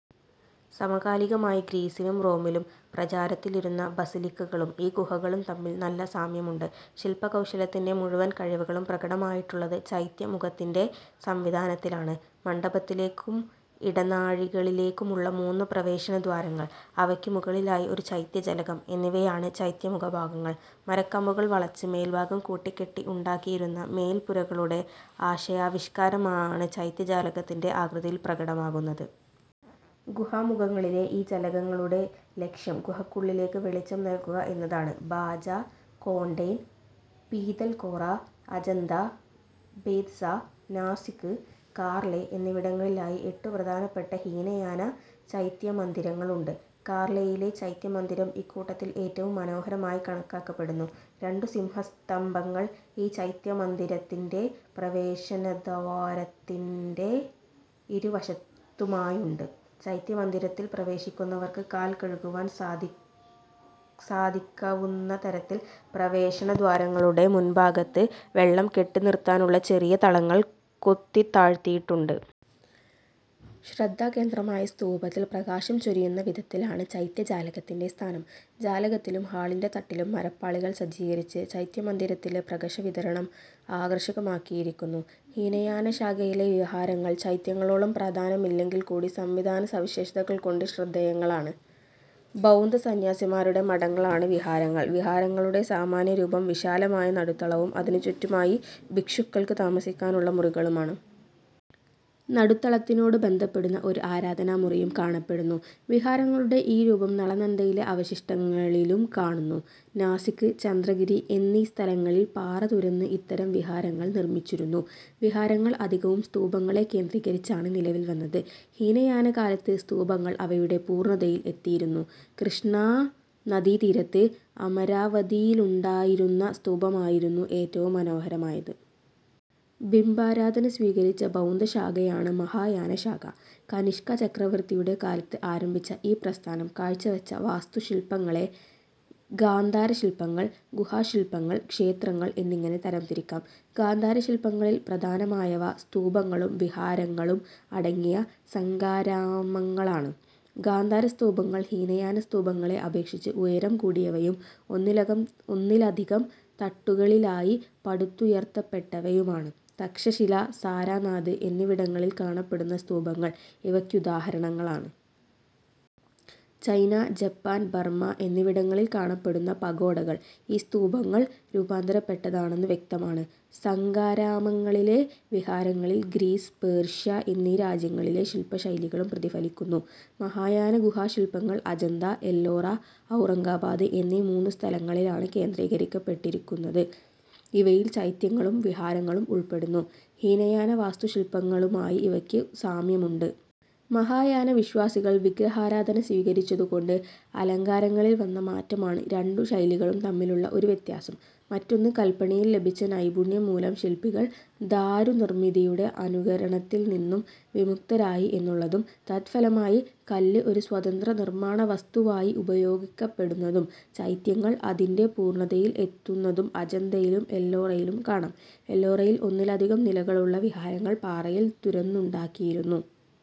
സമകാലികമായി ഗ്രീസിലും റോമിലും പ്രചാരത്തിലിരുന്ന basilica കളും ഈ ഗുഹകളും തമ്മിൽ നല്ല സാമ്യമുണ്ട്. ശില്പ കൗശലത്തിന്റെ മുഴുവൻകഴിവുകളും പ്രകടമായിട്ടുള്ളത് ചൈത്യ മുഖത്തിന്റെ സംവിധാനത്തിലാണ്. മണ്ഡപത്തിലേക്കും ഇടനാഴികളിലേക്കുമുള്ള മൂന്നു പ്രവേശന ദ്വാരങ്ങൾ, അവയ്ക്കു മുകളിലായി ഒരു ചൈത്യജലകം എന്നിവയാണ് ചൈത്യമുഖ ഭാഗങ്ങൾ. മരക്കമ്പുകൾ വളച്ച് മേൽഭാഗം കൂട്ടികെട്ടി ഉണ്ടാക്കിയിരുന്ന മേൽപ്പുരകളുടെ ആശയാവിഷ്ക്കാരമാണ് ചൈത്യജാലകത്തിന്റെ ആകൃതിയിൽ പ്രകടമാകുന്നത്. ഗുഹാമുഖങ്ങളിലെ ഈ ജലകങ്ങളുടെ ലക്ഷ്യം ഗുഹക്കുള്ളിലേക്കു വെളിച്ചം നൽകുകഎന്നതാണ്. ഭാജ, കോണ്ടേൻ, പീതൽകോറ, അജന്ത, ഭേദ്സാ, നാസിക്, കാർലേ എന്നിവിടങ്ങളിലായി എട്ടു പ്രധാനപ്പെട്ട ഹീനയാന ചൈത്യമന്ദിരങ്ങളുണ്ട്. കാർലേയിലെ ചൈത്യമന്ദിരം ഇക്കൂട്ടത്തിൽ ഏറ്റവും മനോഹരമായി കണക്കാക്കപ്പെടുന്നു. രണ്ടു സിംഹ സ്തംഭങ്ങൾ ഈ ചൈത്യമന്ദിരത്തിന്റെ പ്രവേശനദ്വാരത്തിന്റെ ഇരുവശത്തുമായുണ്ട്. ചൈത്യമന്ദിരത്തിൽ പ്രവേശിക്കുന്നവർക്ക് കാൽകഴുകുവാൻ സാധിക്കവുന്നതരത്തിൽ പ്രവേശന ദ്വാരങ്ങളുടെ മുൻഭാഗത്ത് വെള്ളം കെട്ടിനിറുത്താനുള്ള ചെറിയ തളങ്ങൾ കൊത്തിതാഴ്ത്തിയിട്ടുണ്ട്. ശ്രദ്ധാകേന്ദ്രമായ സ്തൂപത്തിൽ പ്രകാശം ചൊരിയുന്ന വിധത്തിലാണ് ചൈത്യജാലകത്തിന്റെ സ്ഥാനം. ജാലകത്തിലും ഹാളിന്റെ തട്ടിലും മരപ്പാളികൾ സജ്ജീകരിച്ച് ചൈത്യമന്ദിരത്തിലെ പ്രകശവിതരണം ആകർഷകമാക്കിയിരിക്കുന്നു. ഹീനയാന ശാഖയിലെ വിഹാരങ്ങൾ ചൈത്യങ്ങളോളം പ്രധാനമല്ലെങ്കിൽകൂടി സംവിധാന സവിശേഷതകൾ കൊണ്ട് ശ്രദ്ധേയങ്ങളാണ്. ബൗദ്ധസന്യാസിമാരുടെ മഠങ്ങളാണ് വിഹാരങ്ങൾ. വിഹാരങ്ങളുടെ സാമാന്യരൂപം, വിശാലമായ നടുത്തളവും അതിനു ചുറ്റുമായി ഭിക്ഷുക്കൾക്ക് താമസത്തിനുള്ള മുറികളുമാണ്. നടുത്തളത്തിനോടു ബന്ധപ്പെടുന്ന ഒരു ആരാധനാമുറിയും കാണപ്പെടുന്നു. വിഹാരങ്ങളുടെ ഈ രൂപം നളന്ദയിലെ അവശിഷ്ടങ്ങളിലും കാണുന്നു. നാസിക്, ചന്ദ്രഗിരി എന്നിസ്ഥലങ്ങളിൽ പാറ തുരന്ന് ഇത്തരം വിഹാരങ്ങൾ നിർമിച്ചിരുന്നു. വിഹാരങ്ങൾ അധികവും സ്തൂപങ്ങളെ കേന്ദ്രീകരിച്ചാണ് നിലവിൽ വന്നത്. ഹീനയാനകാലത്ത് സ്തൂപങ്ങൾ അവയുടെ പൂർണതയിൽ എത്തിയിരുന്നു. കൃഷ്ണാനദീ തീരത്ത് അമരാവതിയിലുണ്ടായിരുന്ന സ്തൂപമായിരുന്നു ഏറ്റവും മനോഹരമായത്. ബിംബാരാധന സ്വീകരിച്ച ബൗദ്ധശാഖയാണ് മഹായാന ശാഖ. കനിഷ്ക ചക്രവർത്തിയുടെ കാലത്ത് ആരംഭിച്ച ഈ പ്രസ്ഥാനം കാഴ്ച്ചവച്ച വാസ്തുശില്പങ്ങളെ ഗാന്ധാരശില്പങ്ങൾ, ഗുഹാശില്പങ്ങൾ, ക്ഷേത്രങ്ങൾ എന്നിങ്ങനെ തരംതിരിക്കാം. ഗാന്ധാരശില്പങ്ങളിൽ പ്രധാനമായവ സ്തൂപങ്ങളും വിഹാരങ്ങളും അടങ്ങിയ സംഘാരാമങ്ങളാണ്. ഗാന്ധാരസ്തൂപങ്ങൾ ഹീനയാനസ്തൂപങ്ങളെ അപേക്ഷിച്ച് ഉയരംകൂടിയവയും ഒന്നിലധികം തട്ടുകളിലായി പടുത്തുയർത്തപ്പെട്ടവയുമാണ്. തക്ഷശില, സാരാനാഥ് എന്നിവിടങ്ങളിൽ കാണപ്പെടുന്ന സ്തൂപങ്ങൾ ഇവയ്ക്കുദാഹരണങ്ങളാണ്. ചൈന, ജപ്പാൻ, ബർമ എന്നിവിടങ്ങളിൽ കാണപ്പെടുന്ന പഗോഡകൾ ഈ സ്തൂപങ്ങൾ രൂപാന്തരപ്പെട്ടതാണെന്നു വ്യക്തമാണ്. സംഘാരാമങ്ങളിലെ വിഹാരങ്ങളിൽ ഗ്രീസ്, പേർഷ്യ എന്നീ രാജ്യങ്ങളിലെ ശില്പശൈലികളും പ്രതിഫലിക്കുന്നു. മഹായാന ഗുഹാശില്പങ്ങൾ അജന്ത, എല്ലോറ, ഔറംഗാബാദ് എന്നീ മൂന്നു സ്ഥലങ്ങളിലാണ് കേന്ദ്രീകരിക്കപ്പെട്ടിരിക്കുന്നത്. ഇവയിൽ ചൈത്യങ്ങളും വിഹാരങ്ങളും ഉൾപ്പെടുന്നു. ഹീനയാന വാസ്തുശില്പങ്ങളുമായി ഇവയ്ക്കു സാമ്യമുണ്ട്. മഹായാന വിശ്വാസികൾ വിഗ്രഹാരാധന സ്വീകരിച്ചതുകൊണ്ട് അലങ്കാരങ്ങളിൽ വന്ന മാറ്റമാണ് രണ്ടു ശൈലികളും തമ്മിലുള്ള ഒരു വ്യത്യാസം; മറ്റൊന്ന് കല്പണിയിൽ ലഭിച്ച നൈപുണ്യം മൂലം ശില്പികൾ ദാരുനിർമിതിയുടെ അനുകരണത്തിൽ നിന്നു വിമുക്തരായി എന്നുള്ളതും. തത്ഫലമായി കല്ല് ഒരു സ്വതന്ത്ര നിർമ്മാണവസ്തുവായി ഉപയോഗിക്കപ്പെടുന്നതും ചൈത്യങ്ങൾ അതിന്റെ പൂർണതയിൽ എത്തുന്നതും അജന്തയിലും എല്ലോറയിലും കാണാം. എല്ലോറയിൽ ഒന്നിലധികം നിലകളുള്ള വിഹാരങ്ങൾ പാറയിൽ തുരന്നുണ്ടാക്കിയിരുന്നു